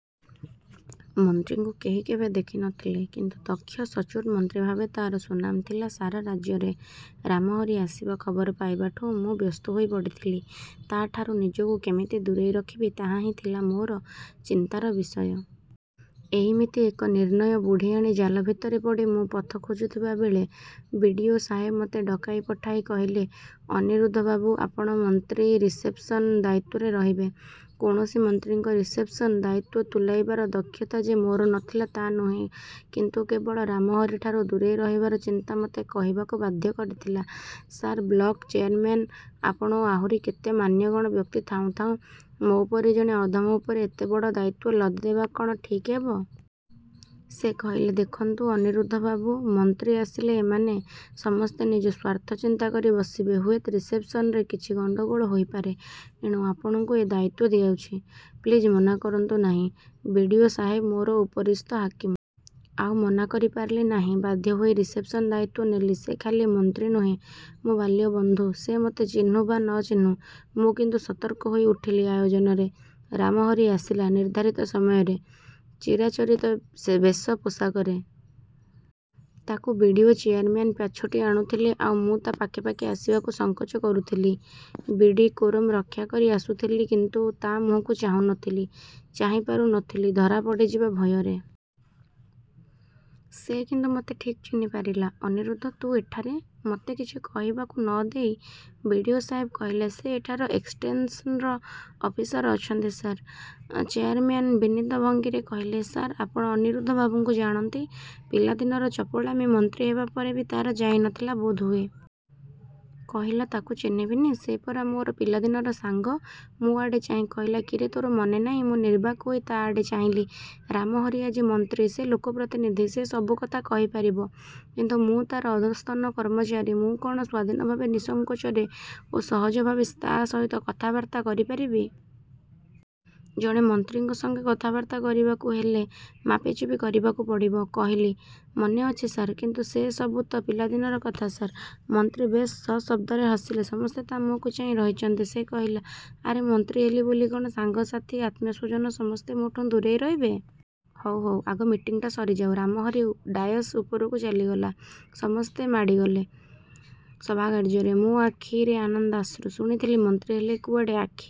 ମନ୍ତ୍ରୀଙ୍କୁ କେହି କେବେ ଦେଖି ନ ଥିଲେ; କିନ୍ତୁ ଦକ୍ଷ ସଚ୍ଚୋଟ ମନ୍ତ୍ରୀ ଭାବେ ତା'ର ସୁନାମ ଥିଲା ସାରା ରାଜ୍ୟରେ ରାମହରି ଆସିବା ଖବର ପାଇବାଠୁଁ ମୁଁ ବ୍ୟସ୍ତ ହୋଇ ପଡ଼ିଥିଲି। ତା' ଠାରୁ ନିଜକୁ କିମିତି ଦୂରେଇ ରଖିବି ତାହା ହିଁ ଥିଲା ମୋର ଚିନ୍ତାର ବିଷୟ। ଏଇମିତି ଏକ ନିର୍ଣ୍ଣୟ ବୁଢ଼ିଆଣୀ ଜାଲ ଭିତରେ ପଡ଼ି ମୁଁ ପଥ ଖୋଜୁଥିବାବେଳେ ବି. ଡ଼ି. ଓ. ସାହେବ ମୋତେ ଡକାଇ ପଠାଇ କହିଲେ–ଅନିରୁଦ୍ଧବାବୁ, ଆପଣ ମନ୍ତ୍ରୀ ରିସେପ୍ସନ ଦାୟିତ୍ୱରେ ରହିବେ। କୌଣସି ମନ୍ତ୍ରୀଙ୍କ ରିସେପ୍ସନ୍। ଦାୟିତ୍ଵ ତୁଲାଇବାର ଦକ୍ଷତା ଯେ ମୋର ନ ଥିଲା ତା' ନୁହେଁ କିନ୍ତୁ; କେବଳ ରାମହରିଠାରୁ ଦୂରେଇ ରହିବାର ଚିନ୍ତା ମୋତେ କହିବାକୁ ବାଧ୍ୟ କରାଇଥିଲା–ସାର୍, ବ୍ଲକ ଚେୟାରମ୍ୟାନ, ଆପଣ ଓ ଆହୁରି କେତେ ମାନ୍ୟଗଣ୍ୟ ବ୍ୟକ୍ତି ଥାଉଁ ଥାଉଁ ମୋ' ପରି ଜଣେ ଅଧମ ଉପରେ ଏତେ ବଡ଼ ଦାୟିତ୍ୱ ଲଦିଦେବା କ'ଣ ଠିକ୍ ହେବ? ସେ କହିଲେ–ଦେଖନ୍ତୁ ଅନିରୁଦ୍ଧବାବୁ, ମନ୍ତ୍ରୀ ଆସିଲେ ଏମାନେ ସମସ୍ତେ ନିଜ ସ୍ଵାର୍ଥ ଚିନ୍ତା କରି ବସିବେ। ହୁଏତ ରିସେପ୍ସନରେ କିଛି ଗଣ୍ଡଗୋଳ ହୋଇପାରେ। ଏଣୁ ଆପଣଙ୍କୁ ଏ ଦାୟିତ୍ଵ ଦେଉଛି। ପ୍ଲିଜ୍ ମନା କରନ୍ତୁ ନାହିଁ। ବି. ଡ଼ି. ଓ. ସାହେବ ମୋର ଉପରିସ୍ଥ ହାକିମ। ଆଉ ମନା କରି ପାରିଲି ନାହିଁ। ବାଧ୍ୟ ହୋଇ ରିସେପ୍ସନ ଦାୟିତ୍ଵ ନେଲି। ସେ ଖାଲି ମନ୍ତ୍ରୀ ନୁହେଁ, ମୋ' ବାଲ୍ୟ ବନ୍ଧୁ। ସେ ମୋତେ ଚିହ୍ନୁ ବା ନ ଚିହ୍ନୁ... ମୁଁ କିନ୍ତୁ ସତର୍କ ହୋଇ ଉଠିଲି ଆୟୋଜନରେ-। ରାମହରି ଆସିଲା–ନିର୍ଦ୍ଧାରିତ ସମୟରେ, ଚିରାଚରିତ ବେଶ ପୋଷାକରେ। ତାକୁ ବି. ଡ଼ି. ଓ., ଚେୟାରମ୍ୟାନ ପାଛୋଟି ଆଣୁଥିଲେ ଆଉ ମୁଁ ତା' ପାଖେ ପାଖେ ଆସିବାକୁ ସଂକୋଚ କରୁଥିଲେ ବି ଡ଼ି କୋରମ୍ ରକ୍ଷା କରି ଆସୁଥିଲି କିନ୍ତୁ; ତା' ମୁହଁକୁ ଚାହୁଁ ନ ଥିଲି, ଚାହିଁପାରୁ ନ ଥିଲି ଧରା ପଡ଼ିଯିବା ଭୟରେ। ସେ କିନ୍ତୁ ମତେ ଠିକ୍ ଚିହ୍ନିପାରିଲା। ଅନିରୁଦ୍ଧ! ତୁ ଏଠାରେ? ମୋତେ କିଛି କହିବାକୁ ନ ଦେଇ ବି. ଡ଼ି. ଓ. ସାହେବ କହିଲେ ସେ ଏଠାରେ ଏକ୍ସଟେନ୍ସନ ଅଫିସର ଅଛନ୍ତି ସାର୍। ଚେୟାରମ୍ୟାନ ବିନୀତ ଭଙ୍ଗୀରେ କହିଲେ–ସାର୍ ଆପଣ ଅନିରୁଦ୍ଧ ବାବୁଙ୍କୁ ଜାଣନ୍ତି? ପିଲାଦିନର ଚପଳାମି ମନ୍ତ୍ରୀ ହେବାପରେ ବି ତାର ଯାଇ ନଥିଲା ବୋଧହୁଏ। କହିଲା–ତାକୁ ଚିହ୍ନିବିନି? ସେ ପରା ମୋର ପିଲାଦିନର ସାଙ୍ଗ। ମୋ' ଆଡ଼େ ଚାହିଁ କହିଲା–କିରେ ତୋର ମନେ ନାହିଁ? ମୁଁ ନିର୍ବାକ ହୋଇ ତା' ଆଡ଼େ ଚାହିଁଲି। ରାମହରି ଆଜି ମନ୍ତ୍ରୀ ସେ ଲୋକପ୍ରତିନିଧି। ସେ ସବୁ କଥା କହି ପାରିବ। କିନ୍ତୁ ମୁଁ... ତା'ର ଅଧ୍ୟସ୍ତନ କର୍ମଚାରୀ, ମୁଁ କ'ଣ ସ୍ଵାଧୀନ ଭାବେ ନିସଂକୋଚରେ ଓ ସହଜ ଭାବେ ତା' ସହିତ କଥାବାର୍ତ୍ତା କରି ପାରିବି? ଜଣେ ମନ୍ତ୍ରୀଙ୍କ ସଙ୍ଗେ କଥାବାର୍ତ୍ତା କରିବାକୁ ଦେଲେ ମାପିଚୁପି କରିବାକୁ ପଡ଼ିବ। କହିଲି–ମନେ ଅଛି ସାର୍। କିନ୍ତୁ ସେ ସବୁ ତ ପିଲାଦିନର କଥା... 'ସାର୍'–ମନ୍ତ୍ରୀ ବେଶ୍ ସଶବ୍ଦରେ ହସିଲେ। ସମସ୍ତେ ତା' ମୁହଁକୁ ଚାହିଁ ରହିଛନ୍ତି। ସେ କହିଲା–ଆରେ ମନ୍ତ୍ରୀ ହେଲି ବୋଲି କ'ଣ ସାଙ୍ଗସାଥୀ, ଆତ୍ମୀୟସ୍ୱଜନ ସମସ୍ତେ ମୋଠୁଁ ଦୂରେଇ ରହିବେ? ହଉ ହଉ–ଆଗ ମିଟିଂଟା ସରିଯାଉ। ରାମହରି ଡାୟାସ୍ ଉପରକୁ ଚାଲିଗଲା। ସମସ୍ତେ ମାଡ଼ିଗଲେ ସଭାକାର୍ଯ୍ୟରେ। ମୋ' ଆଖିରେ ଆନନ୍ଦାଶ୍ରୁ। ଶୁଣିଥିଲି ମନ୍ତ୍ରୀହେଲେ କୁଆଡ଼େ ଆଖି